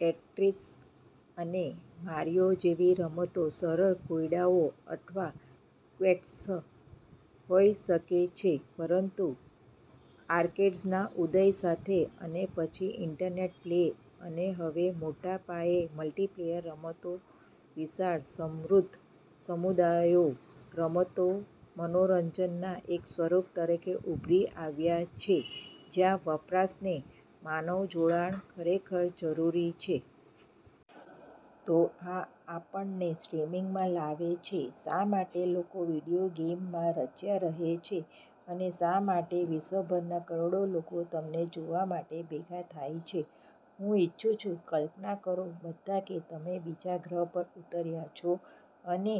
Tetris અને "Mario" જેવી રમતો સરળ કોયડાઓ અથવા ક્વેસ્ટ્સ હોઈ શકે છે પરંતુ આર્કેડ્સના ઉદય સાથે અને પછી ઇન્ટરનેટ પ્લે, અને હવે મોટા પાયે મલ્ટિપ્લેયર રમતો વિશાળ, સમૃદ્ધ સમુદાયો, રમતો મનોરંજનના એક સ્વરૂપ તરીકે ઉભરી આવ્યા છે જ્યાં વપરાશને માનવ જોડાણ ખરેખર જરૂરી છે. તો આ આપણને સ્ટ્રીમિંગમાં લાવે છે. શા માટે લોકો વિડિઓ ગેમ્સમા રચ્યા રહે છે? અને શા માટે વિશ્વભરના કરોડો લોકો તમને જોવા માટે ભેગા થાય છે? હું ઇચ્છું છું કલ્પના કરો બધા કે તમે બીજા ગ્રહ પર ઉતર્યા છો અને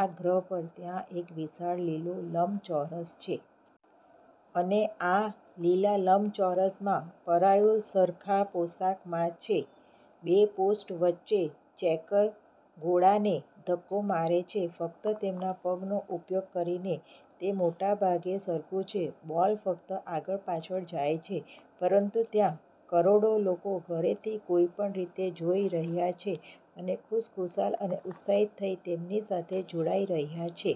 આ ગ્રહ પર ત્યાં એક વિશાળ લીલો લંબચોરસ છે. અને આ લીલા લંબચોરસમાં પરાયું સરખા પોશાકમાં છે. બે પોસ્ટ વચ્ચે ચેકર ગોળાને ધક્કો મારે છે ફક્ત તેમના પગનો ઉપયોગ કરીને. તે મોટેભાગે સરખું છે, બોલ ફક્ત આગળ-પાછળ જાય છે. પરંતુ ત્યાં કરોડો લોકો ઘરેથી કોઈપણ રીતે જોઈ રહ્યાં છે, અને ખુશખુશાલ અને ઉત્સાહિત થઈ તેમની સાથે જોડાઈ રહ્યા છે.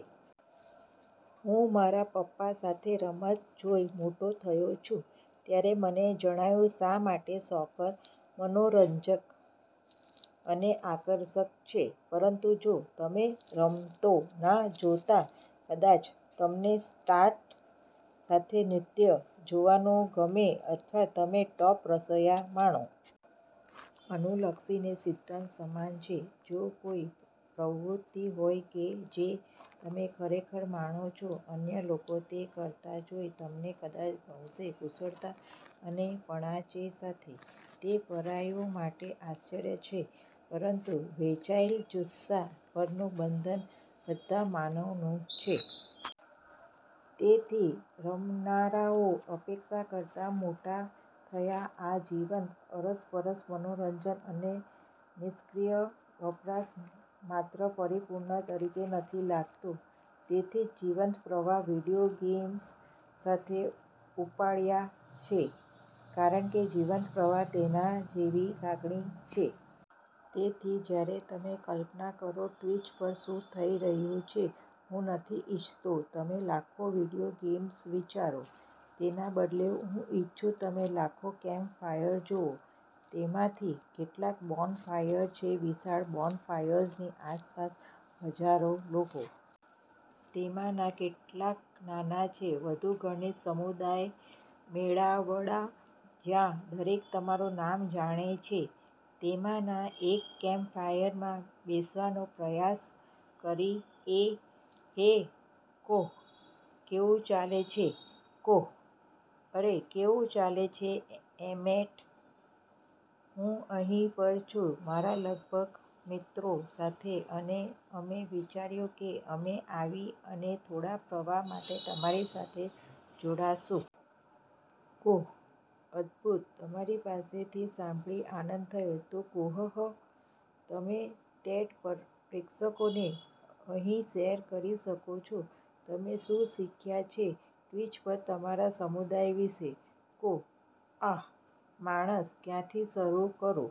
હું મારા પપ્પા સાથે રમત જોઈ મોટો થયો છું. ત્યારે મને જણાયું શા માટે સોકર મનોરંજક અને આકર્ષક છે. પરંતુ જો તમે રમતો ન જોતા, કદાચ તમને "સ્ટાર્સ સાથે નૃત્ય" જોવાનું ગમે અથવા તમે "ટોપ રસોઇયા" માણો. અનુલક્ષીને સિદ્ધાંત સમાન છે. જો કોઈ પ્રવૃત્તિ હોય કે જે તમે ખરેખર માણો છો, અન્ય લોકો તે કરતા જોઈ તમેને કદાચ ગમશે કુશળતા અને પનાચે સાથે. તે પરાયું માટે આશ્ચર્ય છે પરંતુ વહેંચાયેલ જુસ્સા પરનું બંધન બધા માનવનું છે. તેથી રમનારાઓ અપેક્ષા કરતા મોટા થયા આ જીવંત, અરસપરસ મનોરંજન, અને નિષ્ક્રિય વપરાશ માત્ર પરિપૂર્ણ તરીકે નથી લાગતું. તેથી જ જીવંત પ્રવાહ વિડિઓ ગેમ્સ સાથે ઉપાડ્યા છે કારણ કે જીવંત પ્રવાહ તેના જેવી લાગણી છે. તેથી જ્યારે તમે કલ્પના કરો ટ્વિચ પર શું થઈ રહ્યું છે, હું નથી ઇચ્છતો તમે લાખો વિડિઓ ગેમ્સ વિચારો. તેના બદલે, હું ઇચ્છુ તમે લાખો કેમ્પફાયર જોવો. તેમાંથી કેટલાક બોનફાયર છે વિશાળ, બોનફાયર્સની આસપાસ હજારો લોકો. તેમાંના કેટલાક નાના છે, વધુ ઘનિષ્ઠ સમુદાય મેળાવડા જ્યાં દરેક તમારું નામ જાણે છે. તેમાંના એક કેમ્પફાયરમા બેસવાનો પ્રયાસ કરીએ હે કોહ, કેવું ચાલે છે? કોહ: અરે, કેવું ચાલે છે, એમેટ? હું અહીં પર છું મારા લગભગ મિત્રો સાથે અને અમે વિચાર્યું કે અમે આવી અને થોડો પ્રવાહ માટે તમારી સાથે જોડાશું. કોહ: અદ્ભુત! તમારી પાસેથી સાંભળી આનંદ થયો. તો કોહહ, તમે ટેડ પ્રેક્ષકોને અહી શેર કરી શકો છો. તમે શું શીખ્યા છે ટ્વિચ પર તમારા સમુદાય વિશે? કોહ: આહ, માણસ, ક્યાંથી શરૂ કરું?